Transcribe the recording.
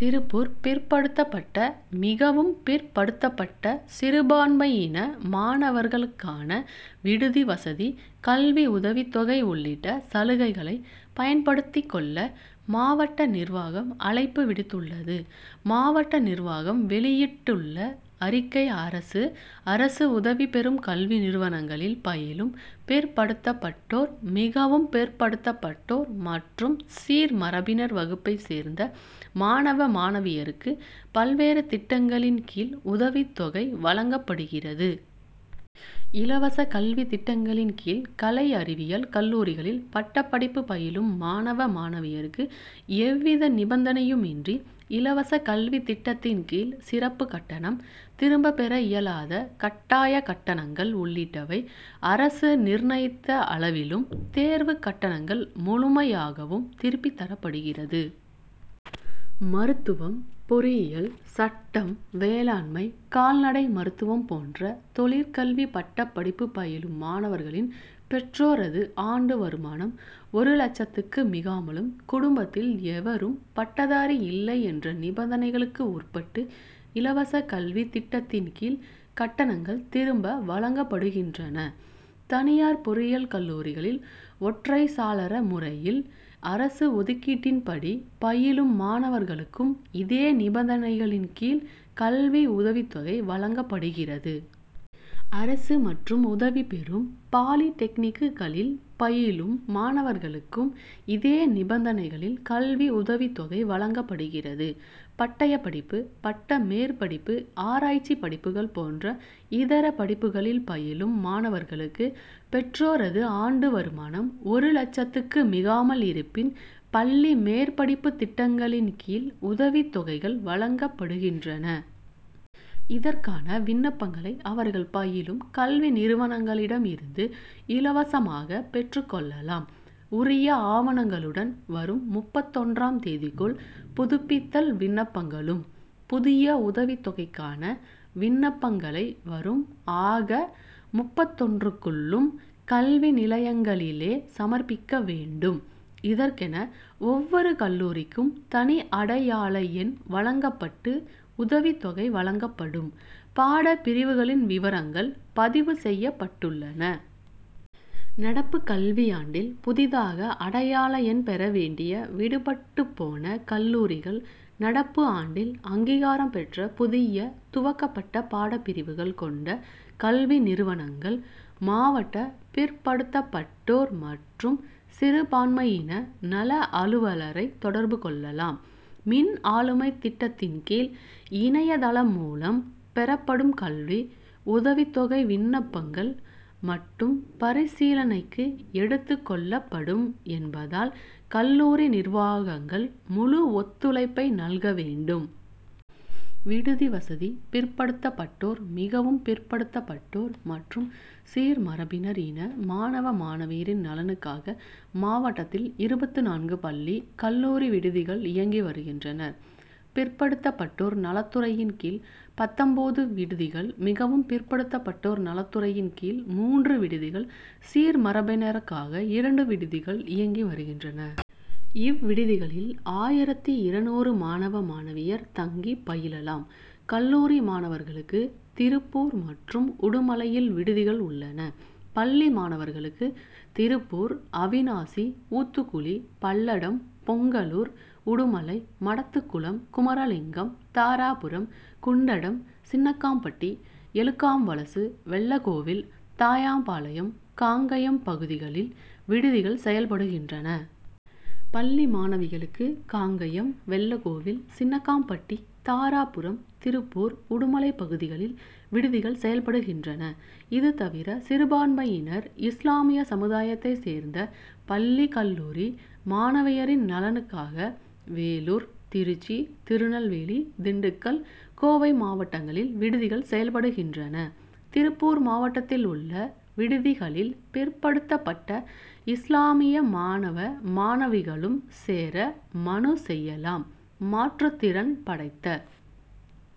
திருப்பூர் பிற்படுத்தப்பட்ட, மிகவும் பிற் படுத்தப்பட்ட, சிறுபான்மையின மாணவர் களுக்கான விடுதி வசதி, கல்வி உதவித்தொகை உள்ளிட்ட சலுகைகளை பயன்படுத்திக் கொள்ள, மாவட்ட நிர்வாகம் அழைப்பு விடுத்துள்ளது. மாவட்ட நிர்வாகம் வெளியிட்டுள்ள அறிக்கை அரசு, அரசு உதவி பெறும் கல்வி நிறுவனங்களில் பயிலும் பிற்படுத்தப் பட்டோர், மிகவும் பிற்படுத்தப்பட்டோர் மற்றும் சீர்மரபினர் வகுப்பைச் சேர்ந்த மாணவ, மாணவியருக்கு பல்வேறு திட்டங்களின் கீழ் உதவித்தொகை வழங்கப்படுகிறது. இலவச கல்வி திட்டங்களின் கீழ் கலை அறிவியல் கல்லூரிகளில் பட்டப்படிப்பு பயிலும் மாணவ, மாணவியருக்கு எவ்வித நிபந்தனையும் இன்றி, இலவச கல்வி திட்டத்தின் கீழ் சிறப்பு கட்டணம், திரும்ப பெற இயலாத கட்டாய கட்டணங் கள் உள்ளிட்டவை அரசு நிர்ணயித்த அள விலும், தேர்வு கட்டணங்கள் முழுமை யாகவும் திருப்பித் தரப்படுகிறது. மருத்துவம், பொறியியல், சட்டம், வேளாண்மை, கால்நடை மருத்துவம் போன்ற தொழிற்கல்வி பட்டப்படிப்பு பயிலும் மாணவர்களின் பெற்றோரது ஆண்டு வருமானம் ஒரு லட்சத்துக்கு மிகாமலும்; குடும்பத்தில் எவரும் பட்டதாரி இல்லை என்ற நிபந்தனை களுக்கு உட்பட்டு இலவச கல்வி திட்டத்தின் கீழ் கட்டணங்கள் திரும்ப வழங்கப்படுகின்றன. தனியார் பொறியியல் கல்லூரிகளில் ஒற்றைச் சாளர முறையில் அரசு ஒதுக் கீட்டின்படி பயிலும் மாணவர்களுக்கும் இதே நிபந்தனைகளின் கீழ் கல்வி உதவித்தொகை வழங்கப்படுகிறது. அரசு மற்றும் உதவி பெறும் பாலிடெக்னிக்கு களில் பயிலும் மாணவர்களுக்கும் இதே நிபந்தனைகளில் கல்வி உதவித்தொகை வழங்கப்படுகிறது. பட்டயப்படிப்பு, பட்ட மேற்படிப்பு, ஆராய்ச்சிப்படிப்புகள் போன்ற இதர படிப்புகளில் பயிலும் மாணவர்களுக்கு பெற்றோரது ஆண்டு வருமானம் ஒரு லட்சத்துக்கு மிகாமல் இருப்பின், பள்ளி மேற்படிப்பு திட்டங்களின் கீழ் உதவித் தொகைகள் வழங்கப்படுகின்றன. இதற்கான விண்ணப்பங்களை, அவர் கள் பயிலும் கல்வி நிறுவனங்களிடம் இருந்து இலவசமாக பெற்றுக் கொள்ள லாம். உரிய ஆவணங்களுடன் வரும் முப்பத்தொன்றாம் தேதிக்குள் புதுப்பித்தல் விண்ணப்பங் களும்; புதிய உதவித்தொகைக்கான விண்ணப்பங்களை வரும் ஆக., முப்பத்தொன்றுக்குள்ளும் கல்வி நிலையங்களிலேயே சமர்ப்பிக்க வேண்டும். இதற்கென ஒவ்வொரு கல்லூரிக்கும் தனி அடை யாள எண் வழங்கப்பட்டு உதவித்தொகை வழங்கப்படும் பாடப்பிரிவுகளின் விவரங்கள் பதிவு செய்யப்பட்டுள்ளன. நடப்பு கல்வியாண்டில் புதிதாக அடையாள எண் பெற வேண்டிய, விடுபட்டுப் போன கல்லூரிகள், நடப்பு ஆண்டில் அங்கீகாரம் பெற்ற புதிதாக துவக்கப்பட்ட பாடப்பிரிவுகள் கொண்ட கல்வி நிறுவனங்கள் மாவட்ட பிற் படுத்தப்பட்டோர் மற்றும் சிறு பான்மையின நல அலுவலரைத் தொடர்பு கொள்ளலாம். மின் ஆளுமைத் திட்டத்தின் கீழ், இணைய தளம்மூலம் பெறப்படும் கல்வி உதவித்தொகை விண்ணப்பங்கள் மட்டும் பரிசீலனைக்கு எடுத்துக் கொள்ளப்படும் என்பதால், கல்லூரி நிர்வாகங்கள் முழு ஒத்துழைப்பை நல்க வேண்டும். விடுதி வசதி பிற்படுத்தப்பட்டோர், மிகவும் பிற்படுத்தப்பட்டோர் மற்றும் சீர்மரபினர் இன மாணவ, மாணவியரின் நலனுக்காக மாவட்டத்தில் இருபத்து நான்கு பள்ளி, கல்லூரி விடுதிகள் இயங்கி வருகின்றன. பிற்படுத்தப்பட்டோர் நலத்துறையின் கீழ் பத்தொன்பது விடுதிகள்; மிகவும் பிற்படுத்தப் பட்டோர் நலத்துறையின் கீழ் மூன்று விடுதிகள்; சீர்மரபினருக்காக இரண்டு விடுதிகள் இயங்கி வருகின்றன. இவ் விடுதிகளில் ஆயிரத்து இருநூறு மாணவ, மாணவியர் தங்கிப் பயிலலாம். கல்லூரி மாணவர்களுக்கு, திருப்பூர் மற்றும் உடுமலையில் விடுதிகள் உள்ளன. பள்ளி, மாணவர்களுக்கு திருப்பூர், அவிநாசி, ஊத்துக்குளி, பல்லடம், பொங்கலூர், உடுமலை, மடத்துக்குளம், குமரலிங்கம், தாராபுரம், குண்டடம், சின்னக்காம்பட்டி, எலுகாம்வலசு, வெள்ளகோவில், தாயம்பாளையம், காங்கயம் பகுதிகளில் விடுதிகள் செயல் படுகின்றன. பள்ளி மாணவிகளுக்கு காங்கயம், வெள்ளகோவில், சின்னக்காம் பட்டி, தாராபுரம், திருப்பூர், உடுமலை பகுதிகளில் விடுதிகள் செயல்படுகின்றன. இதுதவிர, சிறுபான்மையினர் இஸ்லாமிய சமுதாயத்தை சேர்ந்த பள்ளி, கல்லூரி மாணவியரின் நலனுக்காக வேலூர், திருச்சி, திருநெல்வேலி, திண்டுக்கல், கோவை மாவட்டங்களில் விடுதிகள் செயல்படுகின்றன. திருப்பூர் மாவட்டத்தில் உள்ள விடுதி களில் பிற்படுத்தப்பட்ட இஸ்லாமிய மாணவ, மாணவிகளும் சேர மனு செய்யலாம். மாற்றுத்திறன் படைத்த